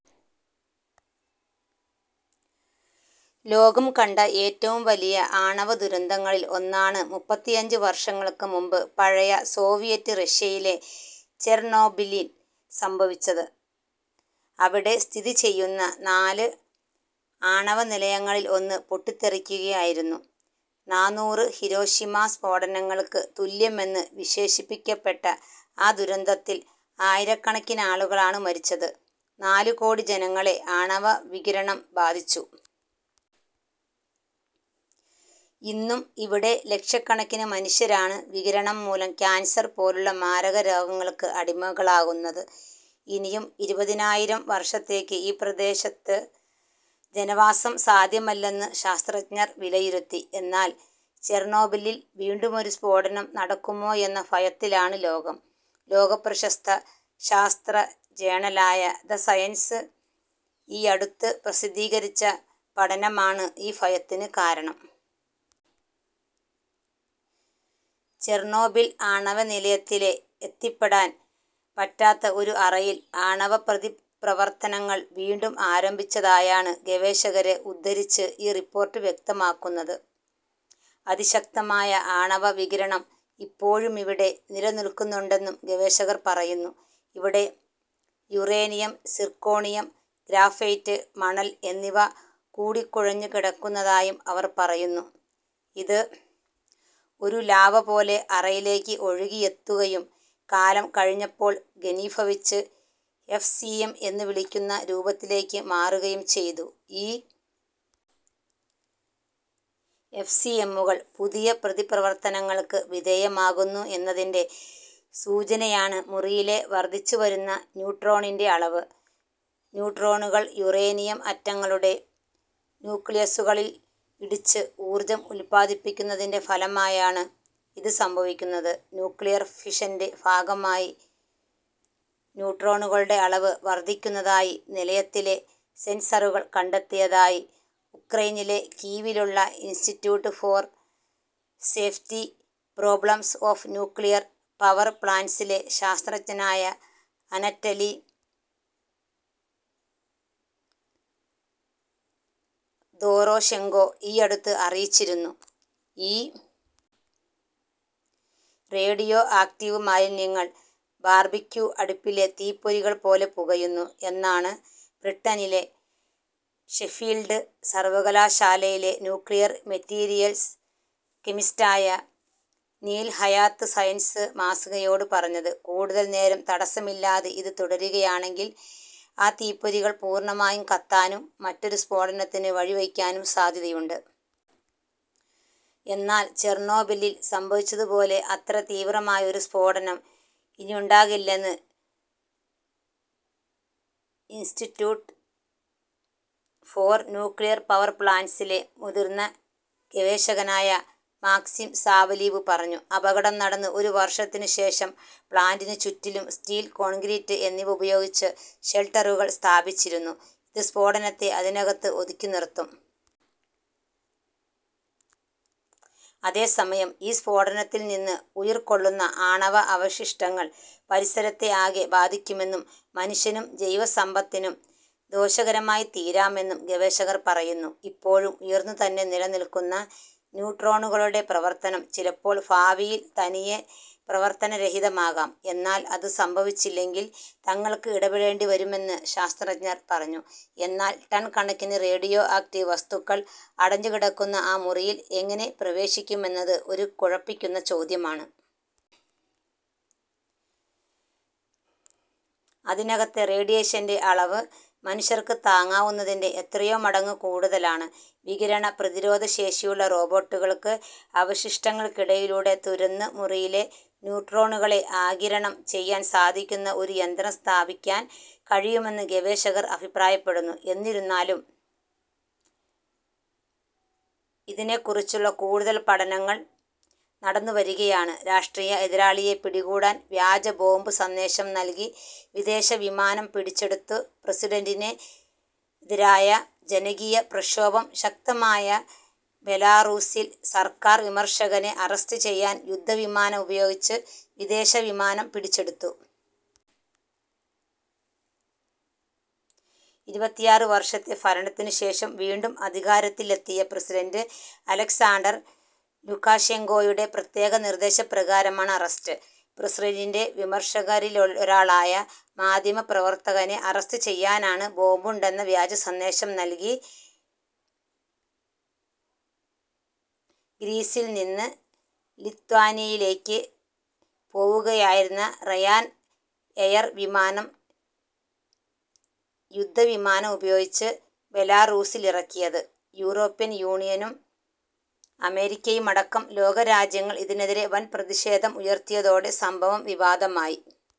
ലോകം കണ്ട ഏറ്റവും വലിയ ആണവദുരന്തങ്ങളിൽ ഒന്നാണ് മുപ്പത്തിയഞ്ച് വർഷങ്ങൾക്ക് മുമ്പ് പഴയ സോവിയറ്റ് റഷ്യയിലെ ചെർണോബിലിൽ സംഭവിച്ചത്. അവിടെ സ്ഥിതിചെയ്യുന്ന നാല് ആണവനിലയങ്ങളിൽ ഒന്ന് പൊട്ടിത്തെറിക്കുകയായിരുന്നു. നാനൂറ് ഹിരോഷിമാ സ്ഫോടനങ്ങൾക്ക് തുല്യമെന്ന് വിശേഷിപ്പിക്കപ്പെട്ട ആ ദുരന്തത്തിൽ ആയിരക്കണക്കിനാളുകളാണ് മരിച്ചത്. നാല് കോടി ജനങ്ങളെ ആണവ വികിരണം ബാധിച്ചു. ഇന്നും ഇവിടെ ലക്ഷക്കണക്കിന് മനുഷ്യരാണ് വികിരണം മൂലം കാൻസർ പോലുള്ള മാരകരോഗങ്ങൾക്ക് അടിമകളാകുന്നത്. ഇനിയും ഇരുപതിനായിരം വർഷത്തേക്ക് ഈ പ്രദേശത്ത് ജനവാസം സാധ്യമല്ലെന്ന് ശാസ്ത്രജ്ഞർ വിലയിരുത്തി. എന്നാൽ ചെർണോബിലിൽ വീണ്ടുമൊരു സ്ഫോടനം നടക്കുമോ എന്ന ഫയത്തിലാണ് ലോകം. ലോകപ്രശസ്ത ശാസ്ത്ര ജേണലായ ദ സയൻസ് ഈയടുത്ത് പ്രസിദ്ധീകരിച്ച പഠനമാണ് ഈ ഫയത്തിന് കാരണം. ചെർണോബിൽ ആണവനിലയത്തിലെ എത്തിപ്പെടാൻ പറ്റാത്ത ഒരു അറയിൽ ആണവപ്രതിപ്രവർത്തനങ്ങൾ വീണ്ടും ആരംഭിച്ചതായാണ് ഗവേഷകരെ ഉദ്ധരിച്ച് ഈ റിപ്പോർട്ട് വ്യക്തമാക്കുന്നത്. അതിശക്തമായ ആണവവികിരണം ഇപ്പോഴുമിവിടെ നിലനിൽക്കുന്നുണ്ടെന്നും ഗവേഷകർ പറയുന്നു. ഇവിടെ യുറേനിയം, സിർക്കോണിയം, ഗ്രാഫൈറ്റ്, മണൽ എന്നിവ കൂടിക്കുഴഞ്ഞുകിടക്കുന്നതായും അവർ പറയുന്നു. ഇത് ഒരു ലാവ പോലെ അറയിലേക്ക് ഒഴുകിയെത്തുകയും കാലം കഴിഞ്ഞപ്പോൾ ഖനീഫവിച്ച് എഫ്സിഎം എന്ന് വിളിക്കുന്ന രൂപത്തിലേക്ക് മാറുകയും ചെയ്തു.ഈ എഫ്സിഎമ്മുകൾ പുതിയ പ്രതിപ്രവർത്തനങ്ങൾക്ക് വിധേയമാകുന്നു എന്നതിൻ്റെ സൂചനയാണ് മുറിയിലെ വർധിച്ചുവരുന്ന ന്യൂട്രോണിൻ്റെ അളവ്. ന്യൂട്രോണുകൾ യുറേനിയം ആറ്റങ്ങളുടെ ന്യൂക്ലിയസുകളിൽ ഇടിച്ച് ഊർജം ഉൽപാദിപ്പിക്കുന്നതിൻ്റെ ഫലമായാണ് ഇത് സംഭവിക്കുന്നത്. ന്യൂക്ലിയർ ഫിഷൻ്റെ ഫാഗമായി ന്യൂട്രോണുകളുടെ അളവ് വർധിക്കുന്നതായി നിലയത്തിലെ സെൻസറുകൾ കണ്ടെത്തിയതായി ഉക്രെയ്നിലെ കീവിലുള്ള institute for safety problems of nuclear power പ്ലാന്റ്സിലെ ശാസ്ത്രജ്ഞനായ അനറ്റലി ദോറോഷെങ്കോ ഈയടുത്ത് അറിയിച്ചിരുന്നു.ഈ റേഡിയോ ആക്ടീവ് മാലിന്യങ്ങൾ ബാർബിക്യൂ അടുപ്പിലെ തീപ്പൊരികൾ പോലെ പുകയുന്നു എന്നാണ് ബ്രിട്ടനിലെ ഷെഫീൽഡ് സർവകലാശാലയിലെ ന്യൂക്ലിയർ മെറ്റീരിയൽസ് കെമിസ്റ്റായ നീൽ ഹയാത്ത് സയൻസ് മാസികയോട് പറഞ്ഞത്. കൂടുതൽ നേരം തടസ്സമില്ലാതെ ഇത് തുടരുകയാണെങ്കിൽ ആ തീപ്പൊരികൾ പൂർണമായും കത്താനും മറ്റൊരു സ്ഫോടനത്തിന് വഴിവയ്ക്കാനും സാധ്യതയുണ്ട്. എന്നാൽ ചെർണോബിലിൽ സംഭവിച്ചത് പോലെ അത്ര തീവ്രമായ ഒരു സ്ഫോടനം ഇനിയുണ്ടാകില്ലെന്ന് ഇൻസ്റ്റിറ്റ്യൂട്ട് ഫോർ ന്യൂക്ലിയർ പവർ പ്ലാൻസിലെ മുതിർന്ന ഗവേഷകനായ മാക്സിം സാവലീവ് പറഞ്ഞു. അപകടം നടന്ന് ഒരു വർഷത്തിനുശേഷം പ്ലാന്റിനു ചുറ്റിലും സ്റ്റീൽ, കോൺക്രീറ്റ് എന്നിവ ഉപയോഗിച്ച് ഷെൽട്ടറുകൾ സ്ഥാപിച്ചിരുന്നു. ഇത് സ്ഫോടനത്തെ അതിനകത്ത് ഒതുക്കിനിർത്തും. അതേസമയം ഈ സ്ഫോടനത്തിൽ നിന്ന് ഉയിർകൊള്ളുന്ന ആണവ അവശിഷ്ടങ്ങൾ പരിസരത്തെ ആകെ ബാധിക്കുമെന്നും മനുഷ്യനും ജൈവസമ്പത്തിനും ദോഷകരമായി തീരാമെന്നും ഗവേഷകർ പറയുന്നു. ഇപ്പോഴും ഉയർന്നുതന്നെ നിലനിൽക്കുന്ന ന്യൂട്രോണുകളുടെ പ്രവർത്തനം ചിലപ്പോൾ ഭാവിയിൽ തനിയെ പ്രവർത്തനരഹിതമാകാം. എന്നാൽ അത് സംഫവിച്ചില്ലെങ്കിൽ തങ്ങൾക്ക് ഇടപെടേണ്ടിവരുമെന്ന് ശാസ്ത്രജ്ഞർ പറഞ്ഞു. എന്നാൽ ടൺ കണക്കിന് റേഡിയോ ആക്ടീവ് വസ്തുക്കൾ അടിഞ്ഞുകിടക്കുന്ന ആ മുറിയിൽ എങ്ങനെ പ്രവേശിക്കുമെന്നത് ഒരു കുഴപ്പിക്കുന്ന ചോദ്യമാണ്. അതിനകത്തെ റേഡിയേഷൻ്റെ അളവ് മനുഷ്യർക്ക് താങ്ങാനാവുന്നതിൻ്റെ എത്രയോ മടങ്ങ് കൂടുതലാണ്. വികിരണ പ്രതിരോധശേഷിയുള്ള റോബോട്ടുകൾക്ക് അവശിഷ്ടങ്ങൾക്കിടയിലൂടെ തുരന്ന് മുറിയിലെ ന്യൂട്രോണുകളെ ആഗിരണം ചെയ്യാൻ സാധിക്കുന്ന ഒരു യന്ത്രം സ്ഥാപിക്കാൻ കഴിയുമെന്ന് ഗവേഷകർ അഭിപ്രായപ്പെടുന്നു. എന്നിരുന്നാലും ഇതിനെക്കുറിച്ചുള്ള കൂടുതൽ പഠനങ്ങൾ നടന്നുവരികയാണ്. രാഷ്ട്രീയ എതിരാളിയെ പിടികൂടാൻ വ്യാജ ബോംബ് സന്ദേശം നൽകി വിദേശവിമാനം പിടിച്ചെടുത്തുപ്രസിഡന്റിനെതിരായ ജനകീയ പ്രക്ഷോഭം ശക്തമായ ബെലാറൂസിൽ സർക്കാർ വിമർശകനെ അറസ്റ്റ് ചെയ്യാൻ യുദ്ധവിമാനം ഉപയോഗിച്ച് വിദേശവിമാനം പിടിച്ചെടുത്തു. ഇരുപത്തിയാറ് വർഷത്തെ ഫരണത്തിനുശേഷം വീണ്ടും അധികാരത്തിലെത്തിയ പ്രസിഡന്റ് അലക്സാണ്ടർ ലുകാഷെങ്കോയുടെ പ്രത്യേക നിർദേശപ്രകാരമാണ് അറസ്റ്റ്. പ്രസിറന്റിൻ്റെ വിമർശകരിലൊരാളായ മാധ്യമപ്രവർത്തകനെ അറസ്റ്റ് ചെയ്യാനാണ് ബോംബുണ്ടെന്ന വ്യാജസന്ദേശം നൽകി ഗ്രീസിൽനിന്ന് ലിത്വാനിയിലേക്ക് പോവുകയായിരുന്ന റയാൻ എയർ വിമാനം യുദ്ധവിമാനം ഉപയോഗിച്ച് ബെലാറൂസിൽ ഇറക്കിയത്. യൂറോപ്യൻ യൂണിയനും അമേരിക്കയുമടക്കം ലോകരാജ്യങ്ങൾ ഇതിനെതിരെ വൻ പ്രതിഷേധം ഉയർത്തിയതോടെ സംഭവം വിവാദമായി.